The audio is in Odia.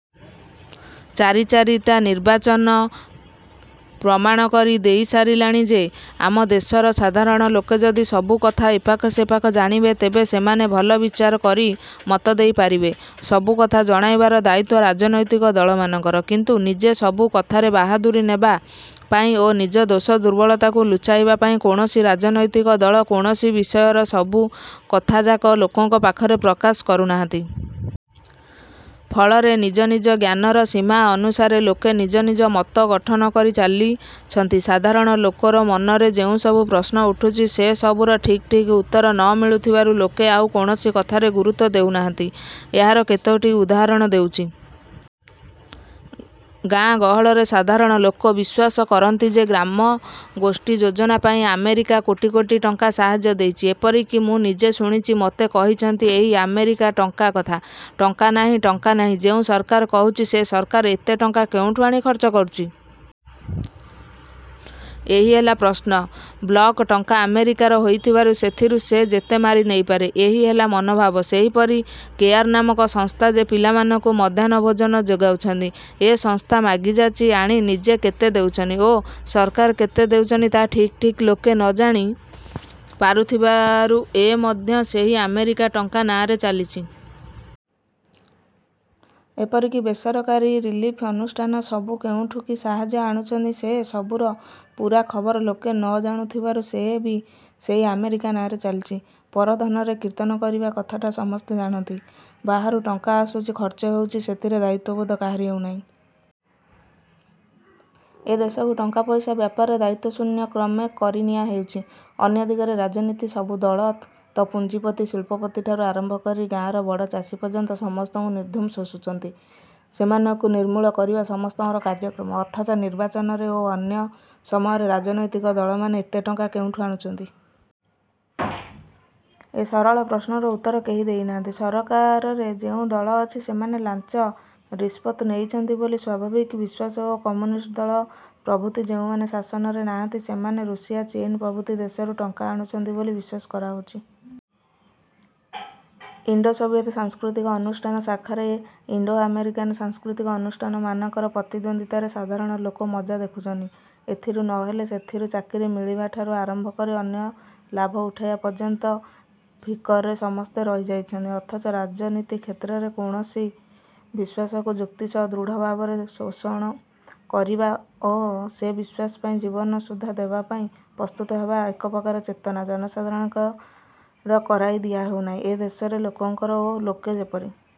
ଚାରି ଚାରିଟା ନିର୍ବାଚନ ପ୍ରମାଣ କରି ଦେଇ ସାରିଲାଣି ଯେ ଆମ ଦେଶର ସାଧାରଣ ଲୋକେ ଯଦି ସବୁ କଥା ଏପାଖ ସେପାଖ ଜାଣିବେ, ତେବେ ସେମାନେ ଭଲ ବିଚାର କରି ମତ ଦେଇ ପାରିବେ। ସବୁ କଥା ଜଣାଇବାର ଦାୟିତ୍ୱ ରାଜନୈତିକ ଦଳମାନଙ୍କର; କିନ୍ତୁ ନିଜେ ସବୁ କଥାରେ ବାହାଦୁରି ନେବା ପାଇଁ ଓ ନିଜ ଦୋଷ ଦୁର୍ବଳତାକୁ ଲୁଚାଇବା ପାଇଁ କୌଣସି ରାଜନୈତିକ ଦଳ କୌଣସି ବିଷୟର ସବୁ କଥାଯାକ ଲୋକଙ୍କ ପାଖରେ ପ୍ରକାଶ କରୁନାହାନ୍ତି। ଫଳରେ ନିଜ ନିଜ ଜ୍ଞାନର ସୀମା ଅନୁସାରେ ଲୋକେ ନିଜ ନିଜ ମତ ଗଠନକରି ଚାଲିଛନ୍ତି। ସାଧାରଣ ଲୋକର ମନରେ ଯେଉଁସବୁ ପ୍ରଶ୍ନ ଉଠୁଛି ସେ ସବୁର ଠିକ୍ ଠିକ୍ ଉତ୍ତର ନ ମିଳୁଥିବାରୁ ଲୋକେ ଆଉ କୌଣସି କଥାରେ ଗୁରୁତ୍ୱ ଦେଉ ନାହାନ୍ତି। ଏହାର କେତୋଟି ଉଦାହରଣ ଦେଉଛି। ଗାଁ ଗହଳରେ ସାଧାରଣ ଲୋକ ବିଶ୍ୱାସ କରନ୍ତି ଯେ ଗ୍ରାମଗୋଷ୍ଠୀ ଯୋଜନାପାଇଁ ଆମେରିକା କୋଟି କୋଟି ଟଙ୍କା ସାହାଯ୍ୟ ଦେଇଛି। ଏପରିକି ମୁଁ ନିଜେ ଶୁଣିଛି, ମୋତେ କହିଛନ୍ତି ଏହି ଆମେରିକା ଟଙ୍କା କଥା। ଟଙ୍କା ନାହିଁ, ଟଙ୍କା ନାହିଁ ଯେଉଁ ସରକାର କହୁଛି, ସେ ସରକାର ଏତେ ଟଙ୍କା କେଉଁଠୁ ଆଣି ଖର୍ଚ୍ଚ କରୁଛି? ଏହି ହେଲା ପ୍ରଶ୍ନ। ବ୍ଲକ ଟଙ୍କା ଆମେରିକାର ହୋଇଥିବାରୁ ସେଥିରୁ ସେ ଯେତେ ମାରି ନେଇପାରେ। ଏହି ହେଲା ମନୋଭାବ। ସେହିପରି କେୟାର ନାମକ ସଂସ୍ଥା ଯେ ପିଲାମାନଙ୍କୁ ମଧ୍ୟାହ୍ନ ଭୋଜନ ଯୋଗାଉଛନ୍ତି। ଏ ସଂସ୍ଥା ମାଗିଯାଚି ଆଣି ନିଜେ କେତେ ଦେଉଛନ୍ତି ଓ ସରକାର କେତେ ଦେଉଛନ୍ତି ତାହା ଠିକ୍ ଠିକ୍ ଲୋକେ ନ ଜାଣି ପାରୁଥିବାରୁ ଏ ମଧ୍ୟ ସେହି ଆମେରିକା ଟଙ୍କା ନାଁରେ ଚାଲିଛି। ଏପରିକି ବେସରକାରୀ ରିଲିଫ ଅନୁଷ୍ଠାନ ସବୁ କେଉଁଠୁ କି ସାହାଯ୍ୟ ଆଣୁଛନ୍ତି, ସେ ସବୁର ପୂରା ଖବର ଲୋକେ ନଜାଣୁଥିବାରୁ ସେ ବି ସେହି ଆମେରିକା ନାଁରେ ଚାଲିଛି। ପର ଧନରେ କୀର୍ତ୍ତନ କରିବା କଥାଟା ସମସ୍ତେ ଜାଣନ୍ତି। ବାହାରୁ ଟଙ୍କା ଆସୁଛି, ଖର୍ଚ୍ଚ ହେଉଛି, ସେଥିରେ ଦାୟିତ୍ୱବୋଧ କାହାରି ହେଉନାହିଁ। ଏ ଦେଶକୁ ଟଙ୍କାପଇସା ବ୍ୟାପାରରେ ଦାୟିତ୍ୱଶୂନ୍ୟ କ୍ରମେ କରିନିଆହେଉଛି। ଅନ୍ୟ ଦିଗରେ ରାଜନୀତି। ସବୁ ଦଳ। ତ ପୁଞ୍ଜିପତି, ଶିଳ୍ପପତିଠାରୁ ଆରମ୍ଭକରି ଗାଁର ବଡ଼ ଚାଷୀ ପର୍ଯ୍ୟନ୍ତ ସମସ୍ତଙ୍କୁ ନିର୍ଧୁମ୍ ଶୋଷୁଛନ୍ତି। ସେମାନଙ୍କୁ ନିର୍ମୂଳ କରିବା ସମସ୍ତଙ୍କର କାର୍ଯ୍ୟକ୍ରମ; ଅଥଚ ନିର୍ବାଚନରେ ଓ ଅନ୍ୟ ସମୟରେ ରାଜନୈତିକ ଦଳମାନେ ଏତେ ଟଙ୍କା କେଉଁଠୁ ଆଣୁଛନ୍ତି? ଏ ସରଳ ପ୍ରଶ୍ନର ଉତ୍ତର କେହି ଦେଇନାହାନ୍ତି। ସରକାରରେ ଯେଉଁ ଦଳ ଅଛନ୍ତି, ସେମାନେ ଲାଞ୍ଚ ରିସ୍ପତ ନେଇଛନ୍ତ ବୋଲି ସ୍ୱାଭାବିକ ବିଶ୍ୱାସ ଓ କମ୍ୟୁନିଷ୍ଟ ଦଳ ପ୍ରଭୃତି ଯେଉଁମାନେ ଶାସନରେ ନାହାନ୍ତି, ସେମାନେ ରୁଷିଆ, ଚୀନ ପ୍ରଭୃତି ଦେଶରୁ ଟଙ୍କା ଆଣୁଛନ୍ତି ବୋଲି ବିଶ୍ୱାସ ହୋଇଯାଉଛି। ଇଣ୍ଡୋ-ସୋଭିଏଟ ସାଂସ୍କୃତିକ ଅନୁଷ୍ଠାନ ଶାଖାରେ ଇଣ୍ଡୋଆମେରିକାନ ସାଂସ୍କୃତିକ ଅନୁଷ୍ଠାନମାନଙ୍କର ପ୍ରତିଦ୍ୱନ୍ଦ୍ୱିତାରେ ସାଧାରଣ ଲୋକ ମଜା ଦେଖୁଛନ୍ତି। ଏଥିରୁ ନ ହେଲେ ସେଥିରୁ ଚାକିରି ମିଳିବାଠାରୁ ଆରମ୍ଭ କରି ଅନ୍ୟ ଲାଭ ଉଠାଇବା ପର୍ଯ୍ୟନ୍ତ ଫିକରରେ ସମସ୍ତେ ରହି ଯାଉଛନ୍ତି; ଅଥଚ ରାଜନୀତିକ୍ଷେତ୍ରରେ କୌଣସି ବିଶ୍ୱାସକୁ ଯୁକ୍ତି ସହ ଦୃଢ଼ ଭାବରେ ପୋଷଣ କରିବା ଓ ସେ ବିଶ୍ୱାସ ପାଇଁ ଜୀବନ ସୁଦ୍ଧା ଦେବାପାଇଁ ପ୍ରସ୍ତୁତ ହେବା ଏପ୍ରକାର ଚେତନା ଜନସାଧାରଣଙ୍କର କରାଇ ଦିଆ ହେଉନାହିଁ। ଏ ଦେଶରେ ଲୋକଙ୍କର ଓ ଲୋକେ ଯେପରି